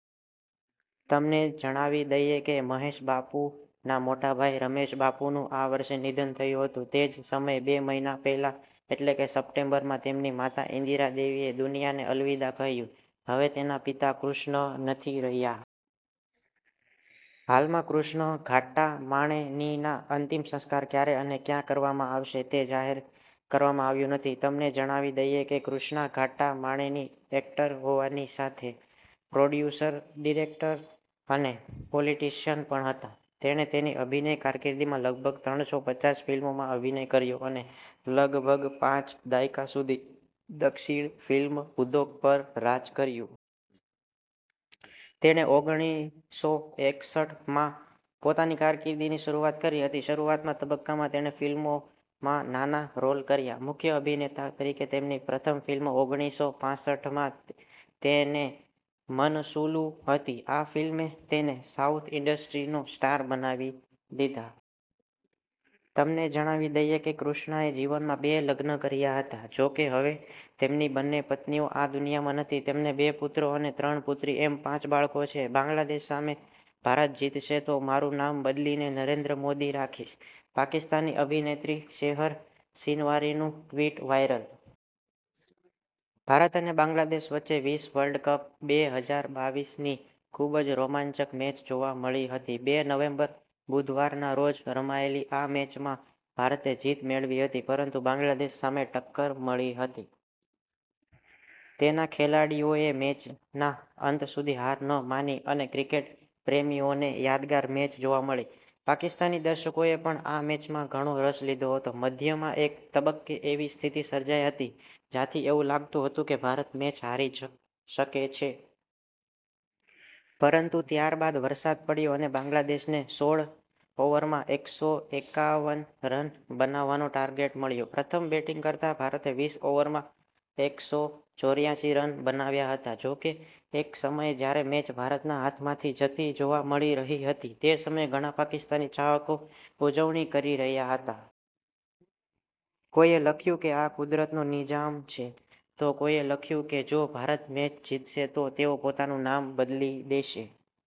તમને જણાવી દઈએ કે મહેશ બાબુના મોટા ભાઈ રમેશ બાબુનું આ વર્ષે નિધન થયું હતું. તે જ સમયે, બે મહિના પહેલા એટલે કે સપ્ટેમ્બરમાં, તેમની માતા ઇન્દિરા દેવીએ દુનિયાને અલવિદા કહ્યું. હવે તેના પિતા કૃષ્ણ નથી રહ્યા. હાલમાં, કૃષ્ણ ઘાટ્ટાંમાણેનીના અંતિમ સંસ્કાર ક્યારે અને ક્યાં કરવામાં આવશે તે જાહેર કરવામાં આવ્યું નથી. તમને જણાવી દઈએ કે કૃષ્ણા ઘાટ્ટાંમાણેની એક્ટર હોવાની સાથે પ્રોડ્યુસર, ડિરેક્ટર અને પોલિટિશિયન પણ હતા. તેણે તેની અભિનય કારકિર્દીમાં લગભગ ત્રણસો પચાસ ફિલ્મોમાં અભિનય કર્યો અને લગભગ પાંચ દાયકા સુધી દક્ષિણ ફિલ્મ ઉદ્યોગ પર રાજ કર્યું. તેણે ઓગણીસો એકસઠ માં પોતાની કારકિર્દીની શરૂઆત કરી હતી. શરૂઆતના તબક્કામાં તેણે ફિલ્મોમાં નાના રોલ કર્યા. મુખ્ય અભિનેતા તરીકે તેમની પ્રથમ ફિલ્મ ઓગણીસો પાસઠમાં ટેને મનસુલુ હતી. આ ફિલ્મે તેને સાઉથ ઈન્ડસ્ટ્રીનો સ્ટાર બનાવી દીધા. તમને જણાવી દઈએ કે કૃષ્ણાએ જીવનમાં બે લગ્ન કર્યા હતા, જો કે હવે તેમની બંને પત્નીઓ આ દુનિયામાં નથી. તેમને બે પુત્રો અને ત્રણ પુત્રી એમ પાંચ બાળકો છે. બાંગ્લાદેશ સામે ભારત જીતશે તો મારું નામ બદલીને નરેન્દ્ર મોદી રાખીશ, પાકિસ્તાની અભિનેત્રી સેહર શિનવારીનું ટ્વિટ વાઈરલ. ભારત અને બાંગ્લાદેશ વચ્ચે વીસ વર્લ્ડ કપ બે હજાર બાવીસ ની ખૂબ જ રોમાંચક મેચ જોવા મળી હતી. બે નવેમ્બર, બુધવારના રોજ રમાયેલી આ મેચમાં ભારતે જીત મેળવી હતી, પરંતુ બાંગ્લાદેશ સામે ટક્કર મળી હતી. તેના ખેલાડીઓએ મેચના અંત સુધી હાર ન માની અને ક્રિકેટ પ્રેમીઓને યાદગાર મેચ જોવા મળી. પાકિસ્તાની દર્શકોએ પણ આ મેચમાં ઘણો રસ લીધો હતો. મધ્યમાં એક તબક્કે એવી સ્થિતિ સર્જાઈ હતી, જ્યાંથી એવું લાગતું હતું કે ભારત મેચ હારી શકે છે. પરંતુ ત્યારબાદ વરસાદ પડ્યો અને બાંગ્લાદેશને સોડ ઓવરમાં એકસો એકાવન રન બનાવવાનો ટાર્ગેટ મળ્યો. પ્રથમ બેટિંગ કરતા ભારતે વીસ ઓવરમાં એકસો ચોર્યાસી રન બનાવ્યા હતા. જો કે, એક સમયે જ્યારે મેચ ભારતના હાથમાંથી જતી જોવા મળી રહી હતી, તે સમયે ઘણા પાકિસ્તાની ચાહકો ઉજવણી કરી રહ્યા હતા. કોઈએ લખ્યું કે આ 'કુદરતનો નિઝામ' છે તો કોઈએ લખ્યું કે જો ભારત મેચ જીતશે તો તેઓ પોતાનું નામ બદલી દેશે.